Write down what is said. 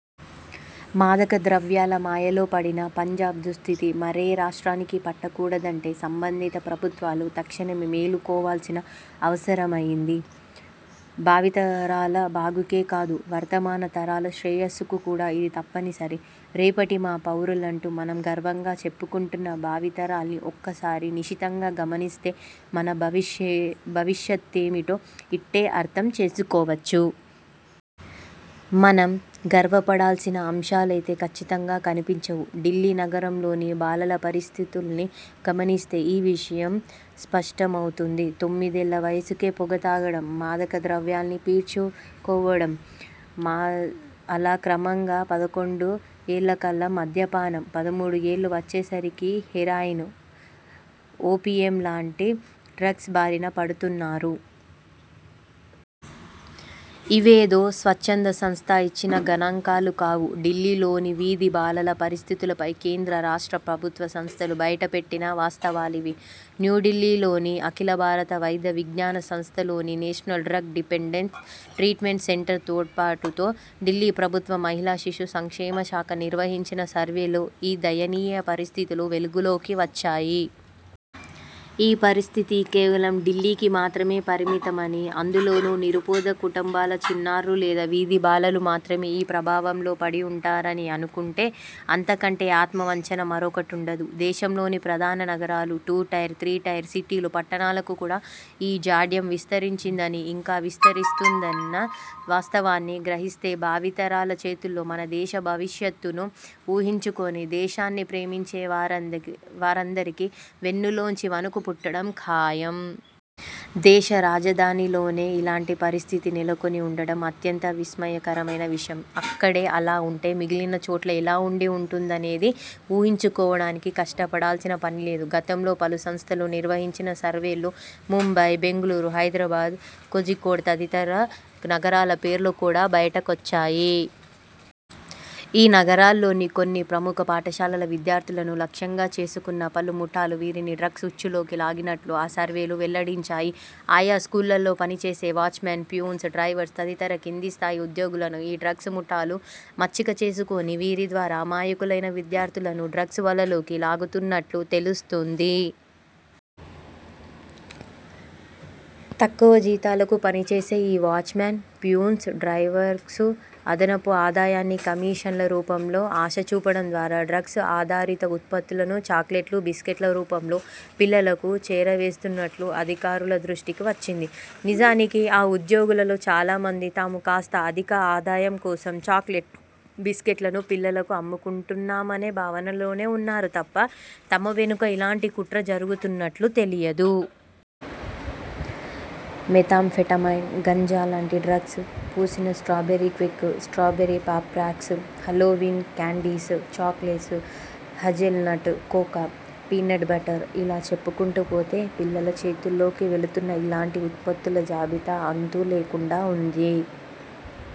మాదక ద్రవ్యాల మాయలో పడిన పంజాబ్ దుస్థితి మరే రాష్ట్రానికీ పట్టకూడదంటే సంబంధిత ప్రభుత్వాలు తక్షణమే మేలుకోవాల్సిన అవసరముంది. భావితరాల బాగుకే కాదు, వర్తమాన తరాల శ్రేయస్సుకు కూడా ఇది తప్పనిసరి. రేపటి మా పౌరులంటూ మనం గర్వంగా చెప్పుకుంటున్న భావితరాల్ని ఒక్కసారి నిశితంగా గమనిస్తే మన భవిష్యత్తేమిటో ఇట్టే అర్థం చేసుకోవచ్చు. మనం గర్వపడాల్సిన అంశాలైతే కచ్చితంగా కనిపించవు. ఢిల్లీ నగరంలోని బాలల పరిస్థితుల్ని గమనిస్తే ఈ విషయం స్పష్ట మవుతుంది. తొమ్మిదేళ్ళ వయసుకే పొగ తాగడం, మాదక ద్రవ్యాల్ని పీల్చుకోవడం, అలా క్రమంగా పదకొండు ఏళ్ళకల్లా మద్యపానం, పదమూడు ఏళ్ళు వచ్చే సరికి హెరాయిన్, ఓపీఎం లాంటి డ్రగ్స్ బారిన పడుతున్నారు. ఇవేదో స్వచ్ఛంద సంస్థ ఇచ్చిన గణాంకాలు కావు. ఢిల్లీలోని వీధి బాలల పరిస్థితులపై కేంద్ర, రాష్ట్ర ప్రభుత్వ సంస్థలు బయటపెట్టిన వాస్తవాలివి. న్యూఢిల్లీ లోని అఖిల భారత వైద్య విజ్ఞాన సంస్థ లోని national drug dependence treatment centre తోడ్పాటుతో ఢిల్లీ ప్రభుత్వ మహిళా శిశు సంక్షేమ శాఖ నిర్వహించిన సర్వేలో ఈ దయనీయ పరిస్థితులు వెలుగులోకి వచ్చాయి. ఈ పరిస్థితి కేవలం ఢిల్లీకి మాత్రమే పరిమిత మని, అందులోనూ నిరుపేద కుటుంబాల చిన్నారులు లేదా వీధి బాలలు మాత్రమే ఈ ప్రభావంలో పడి ఉంటారని అనుకుంటే అంత కంటే ఆత్మ వంచన మరొకటుండదు. దేశంలోని ప్రధాన నగరాలు, టూ టైర్, త్రీ టైర్ సిటీలు, పట్టణాలకు కూడా ఈ జాడ్యం విస్తరించిందని, ఇంకా విస్తరిస్తోందన్న వాస్తవాన్ని గ్రహిస్తేభావితరాల చేతుల్లో మన దేశ భవిష్యత్తును ఊహించుకుని దేశాన్ని ప్రేమించే వారందరికీ వెన్నులోంచి వణుకు పుట్టడం ఖాయం. దేశ రాజధానిలోనే ఇలాంటి పరిస్థితి నెలకొని ఉండటం అత్యంత విస్మయకరమైన విషయం. అక్కడే అలా ఉంటే మిగిలిన చోట్ల ఎలా ఉండి ఉంటుందనేది ఊహించుకోవడానికి కష్టపడాల్సిన పనిలేదు. గతంలో పలు సంస్థలు నిర్వహించిన సర్వేల్లో ముంబై, బెంగళూరు, హైదరాబాద్, కొజికోడ్ తదితర నగరాల పేర్లు కూడా బయటకొచ్చాయి. ఈ నగరాల్లోని కొన్ని ప్రముఖ పాఠశాలల విద్యార్థులను లక్ష్యంగా చేసుకున్న పలు ముఠాలు వీరిని డ్రగ్స్ ఉచ్చులోకి లాగినట్లు ఆ సర్వేలు వెల్లడించాయి. ఆయా స్కూళ్లలో పనిచేసే వాచ్మెన్, ప్యూన్స్, డ్రైవర్స్ తదితర కింది స్థాయి ఉద్యోగులను ఈ డ్రగ్స్ ముఠాలు మచ్చిక చేసుకుని వీరి ద్వారా అమాయకులైన విద్యార్థులను డ్రగ్స్ వలలోకి లాగుతున్నట్లు తెలుస్తోంది. తక్కువ జీతాలకు పనిచేసే ఈ వాచ్మెన్, ప్యూన్స్, డ్రైవర్స్కు అదనపు ఆదాయాన్ని కమిషన్ల రూపంలో ఆశచూపడం ద్వారా డ్రగ్స్ ఆధారిత ఉత్పత్తులను చాక్లెట్లు, బిస్కెట్ల రూపంలో పిల్లలకు చేరవేస్తున్నట్లు అధికారుల దృష్టికి వచ్చింది. నిజానికి ఆ ఉద్యోగులలో చాలా మంది తాము కాస్త అధిక ఆదాయం కోసం చాక్లెట్లు, బిస్కెట్లను పిల్లలకు అమ్ముకుంటున్నామనే భావనలోనే ఉన్నారు తప్ప తమ వెనుక ఇలాంటి కుట్ర జరుగుతున్నట్లు తెలియదు. మెథాంఫెటమైన్, గంజా లాంటి డ్రగ్స్ పూసిన strawberry quick, strawberry Pop Rocks, Halloween candies, chocolates, hazelnut cocoa, peanut butter ఇలా చెప్పుకుంటూ పోతే పిల్లల చేతుల్లోకి వెళుతున్న ఇలాంటి ఉత్పత్తుల జాబితా అంతు లేకుండా ఉంది.